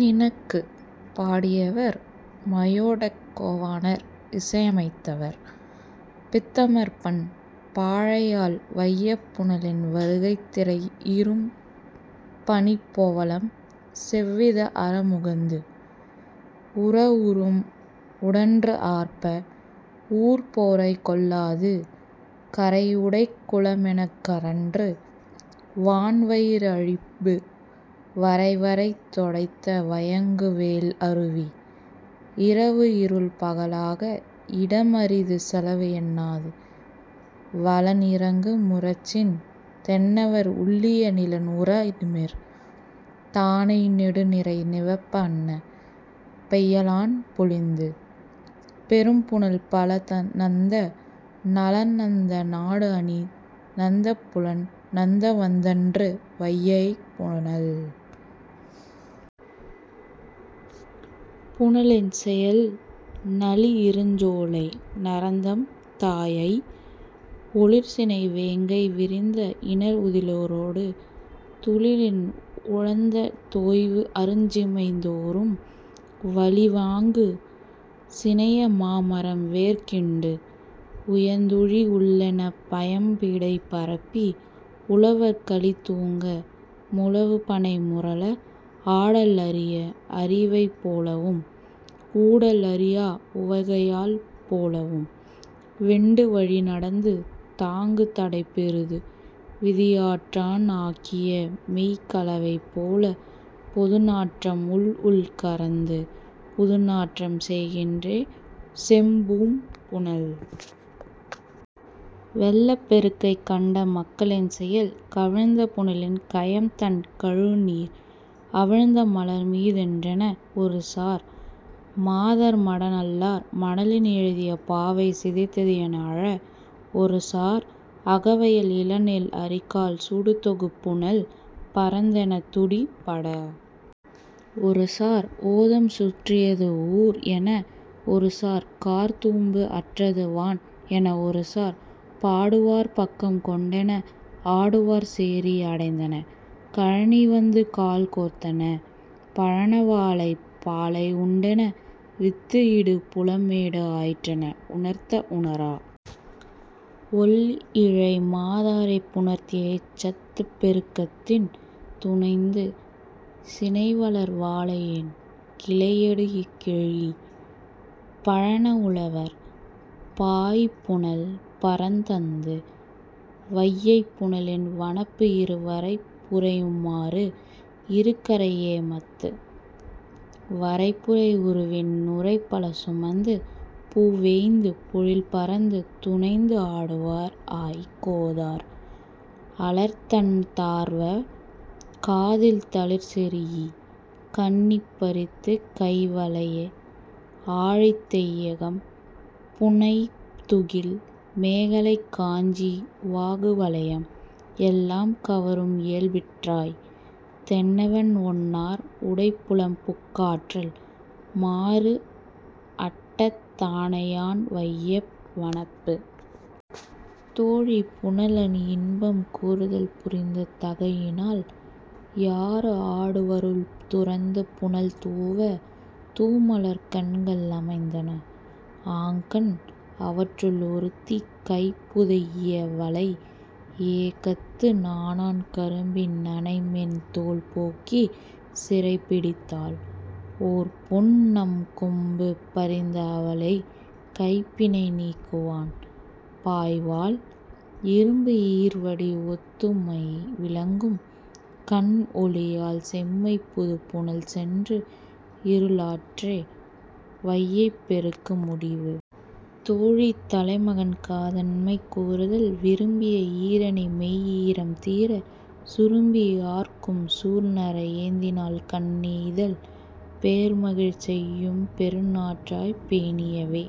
நினக்கு.। பாடியவர், மையோடக் கோவனார் இசையமைத்தவர், பித்தமர் பண், பாலையாழ் வையைப் புனலின் வருகை திரை இரும் பனிப் பவளம் செவ்விதா அற முகந்து, உர உரும் உடன்று ஆர்ப்ப, ஊர் பொறை கொள்ளாது, கரை உடை குளமெனக் கழன்று, வான் வயிறு அழிபு, வரைவரை தொடித்த வயங்கு வெள் அருவி-- இரவு இருள் பகலாக, இடம் அரிது செலவு என்னாது, வலன் இரங்கு முரசின் தென்னவர் உள்ளிய நிலன் உற நிமிர் தானை நெடு நிரை நிவப்பு அன்ன-- பெயலான் பொலிந்து, பெரும் புனல் பல நந்த, நலன் நந்த நாடு அணி நந்தப் புலன் நந்த வந்தன்று, வையைப் புனல். புனலின் செயல் நளி இருஞ் சோலை நரந்தம் தாஅய், ஒளிர் சினை வேங்கை விரிந்த இணர் உதிரலொடு, துளியின் உழந்த தோய்வு அருஞ் சிமைதொறும் வளி வாங்கு சினைய மா மரம் வேர் கீண்டு, உய்ர்ந்துழி உள்ளன பயம்பிடைப் பரப்பி; உழவர் களி தூங்க, முழவு பணை முரல, ஆடல் அறியா அரிவை போலவும், ஊடல் அறியா உவகையள் போலவும், வேண்டு வழி நடந்து, தாங்கு தடை பொருது; விதி ஆற்றான் ஆக்கிய மெய்க் கலவை போலப் பொது நாற்றம் உள்உள் கரந்து, புது நாற்றம் செய்கின்றே, செம் பூம் புனல். வெள்ளப் பெருக்கைக் கண்ட மக்களின் செயல் 'கவிழ்ந்த புனலின் கயம் தண் கழுநீர் அவிழ்ந்த மலர் மீதுற்றென, ஒருசார்; மாதர் மடநல்லார், மணலின் எழுதிய பாவை சிதைத்தது' என அழ, ஒருசார்; 'அகவயல் இள நெல் அரிகால் சூடு தொகு புனல் பரந்தெனத் துடி பட, ஒருசார்; 'ஓதம் சுற்றியது ஊர்' என, ஒருசார்; 'கார் தூம்பு அற்றது வான்' என, ஒருசார்; 'பாடுவார் பாக்கம் கொண்டென, ஆடுவார் சேரி அடைந்தென, கழனி வந்து கால் கோத்தென, பழன வாளை பாளை உண்டென, வித்து இடு புலம் மேடு ஆயிற்றென, உணர்த்த உணரா ஒள் இழை மாதரைப் புணர்த்திய இச்சத்துப் பெருக்கத்தின் துனைந்து, சினை வளர் வாளையின் கிளையடு கெழீஇ, பழன உழவர், பாய் புனல் பரத்தந்து, வையைப் புனலின் வனப்பு இறு வரை புரையுமாறு இரு கரை ஏமத்து, வரை புரை உருவின் நுரை பல சுமந்து, பூ வேய்ந்து, பொழில் பரந்து; துனைந்து ஆடுவார் ஆய் கோதையர், அலர் தண் தாரவர், காதில் தளிர் செரீஇ, கண்ணி பறித்து; கை வளை, ஆழி, தொய்யகம், புனை துகில், மேகலை, காஞ்சி, வாகுவலயம், எல்லம் கவரும் இயல்பிற்றாய்: தென்னவன் ஒன்னார் உடை புலம் புக்கற்றால்---மாறு அட்ட தானையான் வையை வனப்பு. தோழி புனலணி இன்பம் கூறுதல் புரிந்த தகையினான் யாறு ஆடுவருள் துரந்து புனல் தூவ, தூ மலர்க் கண்கள் அமைந்தன; ஆங்கண், அவருள் ஒருத்தி, கை புதைஇய வளை ஏக்கழுத்து நாணான் கரும்பின் அணை மென் தோள் போக்கிச் சிறைப்பிடித்தாள்; ஓர் பொன் அம் கொம்பு பரிந்து அவளைக் கைப் பிணை நீக்குவான் பாய்வாள்; இரும்பு ஈர் வடி ஒத்து மை விளங்கும் கண் ஒளியால் செம்மைப் புதுப் புனல் சென்று இருளாற்றே; வையைப் பெருக்கு முடிவு. தோழி தலைமகன் காதன்மை கூறுதல் விரும்பிய ஈரணி மெய் ஈரம் தீர, சுரும்பு ஆர்க்கும் சூர் நறா ஏந்தினாள் கண் நெய்தல்; பேர் மகிழ் செய்யும் பெரு நறாப் பேணியவே,